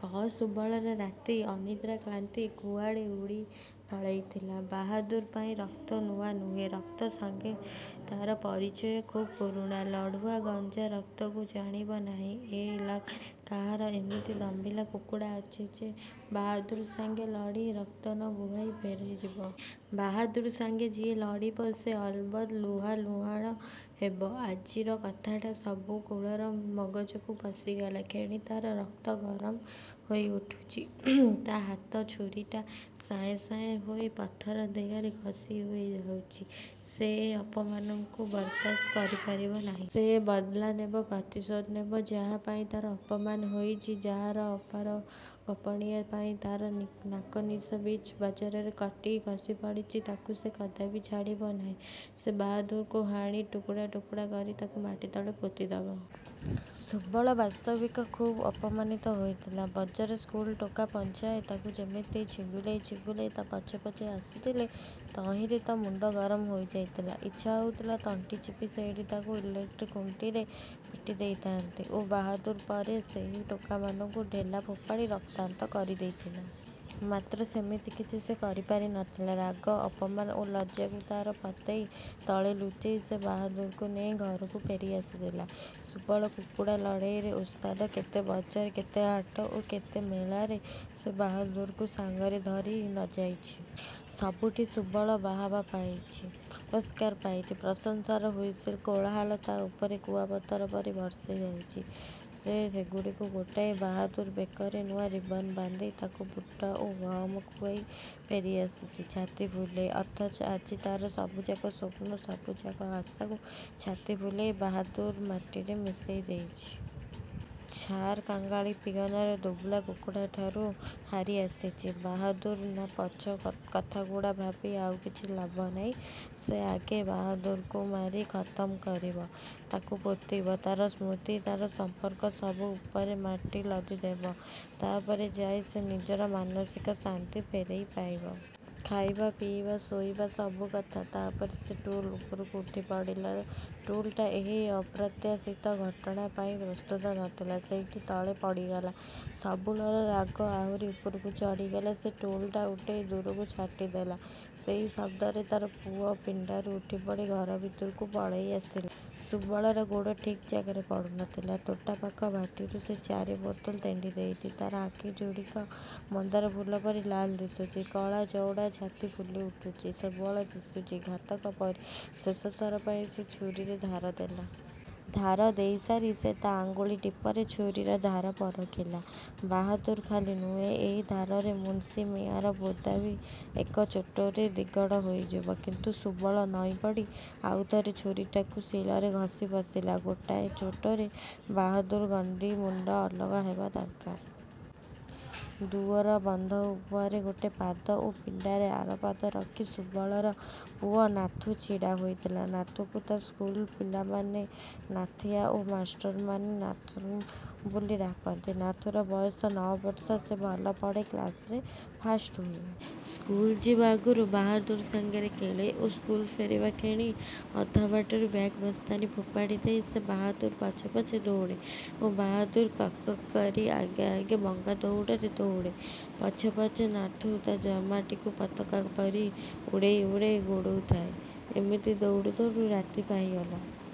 କଅ ସୁବଳର ରାତି ଅନିଦ୍ରା କ୍ଳାନ୍ତି କୁଆଡ଼େ ଉଡ଼ି ପଳେଇଥିଲା। ବାହାଦୁର୍ ପାଇଁ ରକ୍ତ ନୂଆ ନୁହେଁ। ରକ୍ତ ସାଙ୍ଗେ ତାର ପରିଚୟ ଖୁବ୍ ପୁରୁଣା। ଲଢ଼ୁଆ ଗଞ୍ଜା ରକ୍ତକୁ ଜାଣିବ ନାହିଁ। ଏ ଇଲାକାରେ କାହାର ଏମିତି ଦମ୍ଭିଲା କୁକୁଡ଼ା ଅଛି ଯେ ବାହାଦୁର ସାଙ୍ଗେ ଲଢ଼ି ରକ୍ତ ନ ବୁହାଇ ଫେରିଯିବ? ବାହାଦୁର ସାଙ୍ଗେ ଯିଏ ଲଢ଼ିବ ସେ ଅଲବତ୍ ଲହୁଲୁହାଣ ହେବ। ଆଜିର କଥାଟା ସୁବଳର ମଗଜକୁ ପଶିଗଲା କ୍ଷଣି ତାର ରକ୍ତ ଗରମ ହୋଇଉଠୁଛି। ତା ହାତର ଛୁରୀଟା ସାଏଁ ସାଏଁ ହୋଇ ପଥର ଦେହରେ ଘଷି ହୋଇଯାଉଛି। ସେ ଏ ଅପମାନକୁ ବରଦାସ୍ତ କରିପାରିବ ନାହିଁ। ସେ ବଦ୍ଲା ନେବ। ପ୍ରତିଶୋଧ ନେବ। ଯାହା ପାଇଁ ତାର ଅପମାନ ହୋଇଛି, ଯାହାର ଅପାରଗପଣିଆ ପାଇଁ ତାର ନାକନିଶ ବିଚ୍ ବଜାରରେ କଟି ଖସି ପଡ଼ିଛି, ତାକୁ ସେ କଦାପି ଛାଡ଼ିବ ନାହିଁ। ସେ ବାହାଦୁରକୁ ହାଣି ଟୁକୁଡ଼ା ଟୁକୁଡ଼ା କରି ତାକୁ ମାଟିତଳେ ପୋତିଦେବ। ସୁବଳ ବାସ୍ତବିକ ଖୁବ୍ ଅପମାନିତ ହୋଇଥିଲା। ବଜାର ସ୍କୁଲ ଟୋକା ପଞ୍ଝାଏ ତାକୁ ଯେମିତି ଛିଗୁଲେଇ ଛିଗୁଲେଇ ତା ପଛେ ପଛେ ଆସିଥିଲେ ତହିଁରେ ତା ମୁଣ୍ଡ ଗରମ ହୋଇଯାଇଥିଲା। ଇଚ୍ଛା ହେଉଥିଲା ତଣ୍ଟିଚିପି ସେଇଠି ତାକୁ ଇଲେକ୍ଟ୍ରି ଖୁଣ୍ଟରେ ପିଟି ଦେଇଥାଆନ୍ତା ଓ ବାହାଦୁର୍ ପରେ ସେହି ଟୋକାମାନଙ୍କୁ ଢେଲା ଫୋପାଡ଼ି ରକ୍ତାକ୍ତ କରିଦେଇଥାଆନ୍ତା। ମାତ୍ର ସେମିତି କିଛି ସେ କରିପାରିନଥିଲା। ରାଗ, ଅପମାନ ଓ ଲଜ୍ଜାକୁ ତାର ଫତେଇ ତଳେ ଲୁଚେଇ ସେ ବାହାଦୁରକୁ ନେଇ ଘରକୁ ଫେରି ଆସିଥିଲା। ସୁବଳ କୁକୁଡ଼ା ଲଢ଼େଇର ଓସ୍ତାଦ। କେତେ ବଜାର, କେତେ ହାଟ ଓ କେତେ ମେଳା ସେ ବାହାଦୁରକୁ ସାଙ୍ଗରେ ଧରି ନ ଯାଇଛି। ସବୁଠି ସୁବଳ ବାହାବା ପାଇଛି। ପୁରସ୍କାର ପାଇଛି। ପ୍ରଶଂସାର ହ୍ୱିସିଲ, କୋଳାହଳ ତା ଉପରେ କୁଆପଥର ପରି ବର୍ଷିଯାଇଛି। ସେ ସେଗୁଡ଼ିକୁ ଗୋଟେଇ, ବାହାଦୁର୍ ବେକରେ ନୂଆ ରିବନ ବାନ୍ଧି, ତାକୁ ବୁଟ ଓ ଗହମ ଖୁଆଇ ଫେରିଆସିଛି ଛାତିଫୁଲେଇ। ଅଥଚ ଆଜି ତାର ସବୁଯାକ ସ୍ୱପ୍ନ, ସବୁଯାକ ଆଶାକୁ ଛାତିଫୁଲେଇ ବାହାଦୁର୍ ମାଟିରେ ମିଶେଇଦେଇଛି। ଛାର୍ କାଙ୍ଗାଳି ପିଅନର ଧୁବୁଲା କୁକୁଡ଼ାଠୁଁ ହାରି ଆସିଛି ବାହାଦୁର୍। ନା, ପଛ କଥାଗୁଡ଼ା ଭାବି ଆଉ କିଛି ଲାଭ ନାହିଁ। ସେ ଆଗେ ବାହାଦୁରକୁ ମାରି ଖତମ୍ କରିବ। ତାକୁ ପୋତିବ, ତାର ସ୍ମୃତି, ତାର ସମ୍ପର୍କ ସବୁ ଉପରେ ମାଟି ଲଦିଦେବ। ତାପରେ ଯାଇ ସେ ନିଜର ମାନସିକ ଶାନ୍ତି ଫେରି ପାଇବ। ଖାଇବା, ପିଇବା, ଶୋଇବା-ସବୁ କଥା ତାପରେ। ସେ ଟୁଲ ଉପରୁ ଉଠିପଡ଼ିଲା। ଟୁଲଟା ଏହି ଅପ୍ରତ୍ୟାଶିତ ଘଟଣା ପାଇଁ ପ୍ରସ୍ତୁତ ନଥିଲା। ସେଇଟି ତଳେ ପଡ଼ିଗଲା। ସବୁବେଳେ ରାଗ ଆହୁରି ଉପରକୁ ଚଢ଼ିଗଲା। ସେ ଟୁଲଟା ଉଠେଇ ଦୂରକୁ ଛାଟିଦେଲା। ସେଇ ଶବ୍ଦରେ ତାର ପୁଅ ପିଣ୍ଡାରୁ ଉଠିପଡ଼ି ଘର ଭିତରକୁ ପଳେଇ ଆସିଲା। ସୁବଳର ଗୋଡ଼ ଠିକ୍ ଜାଗାରେ ପଡ଼ୁ ନଥିଲା। ତୋଟା ପାଖ ଭାଟିରୁ ସେ ଚାରି ବୋତଲ ତେଣ୍ଡିଦେଇଛି। ତାର ଆଖିଯୋଡ଼ିକ ମନ୍ଦାର ଫୁଲ ପରି ଲାଲ୍ ଦିଶୁଛି। କଳା ଚଉଡ଼ା ଛାତି ଫୁଲିଉଠୁଛି। ସୁବଳ ଦିଶୁଛି ଘାତକ ପରି। ଶେଷଥର ପାଇଁ ସେ ଛୁରୀରେ ଧାର ଦେଲା। ଧାର ଦେଇସାରି ସେ ତା ଆଙ୍ଗୁଳି ଟିପରେ ଛୁରୀର ଧାର ପରଖିଲା। ବାହାଦୁର ଖାଲି ନୁହେଁ, ଏଇ ଧାରରେ ମୁନ୍ସି ମିଆଁର ବୋଦା ବି ଏକାଚୋଟରେ ଦିଗଡ଼ ହୋଇଯିବ। କିନ୍ତୁ ସୁବଳ ନଇଁପଡ଼ି ଆଉଥରେ ଛୁରୀଟାକୁ ଶିଳରେ ଘଷି ବସିଲା। ଗୋଟାଏ ଚୋଟରେ ବାହାଦୁରର ଗଣ୍ଡି ମୁଣ୍ଡ ଅଲଗା ହେବା ଦରକାର। ଦୁଆର ବନ୍ଧ ଉପରେ ଗୋଟେ ପାଦ ଓ ପିଣ୍ଡାରେ ଆର ପାଦ ରଖି ସୁବଳର ପୁଅ ନାଥୁ ଛିଡ଼ା ହୋଇଥିଲା। ନାଥୁକୁ ତା ସ୍କୁଲର ପିଲାମାନେ ନାଥିଆ ଓ ମାଷ୍ଟରମାନେ ନାଥୁରାମ ବୋଲି ଡାକନ୍ତି। ନାଥୁର ବୟସ ନଅ ବର୍ଷ। ସେ ଭଲ ପଢ଼େ। କ୍ଲାସରେ ଫାଷ୍ଟ ହୁଏ। ସ୍କୁଲ ଯିବା ଆଗରୁ ବାହାଦୁର ସାଙ୍ଗରେ ଖେଳେ ଓ ସ୍କୁଲରୁ ଫେରିବା କ୍ଷଣି ଅଧାବାଟରୁ ବ୍ୟାଗ ବସ୍ତାନି ଫୋପାଡ଼ି ଦେଇ ସେ ବାହାଦୁର ପଛେ ପଛେ ଦଉଡ଼େ। ବାହାଦୁର କକ୍ କକ କରି ଆଗେ ଆଗେ ବଙ୍କା ଦଉଡ଼ରେ ଦଉଡ଼େ। ପଛେ ପଛେ ନାଥୁ ତା ଜାମାଟିକୁ ପତାକା ପରି ଉଡ଼େଇ ଉଡ଼େଇ ଗୋଡ଼ଉଥାଏ। ଏମିତି ଦଉଡୁ ଦଉଡୁ ରାତି ହୋଇଯାଏ।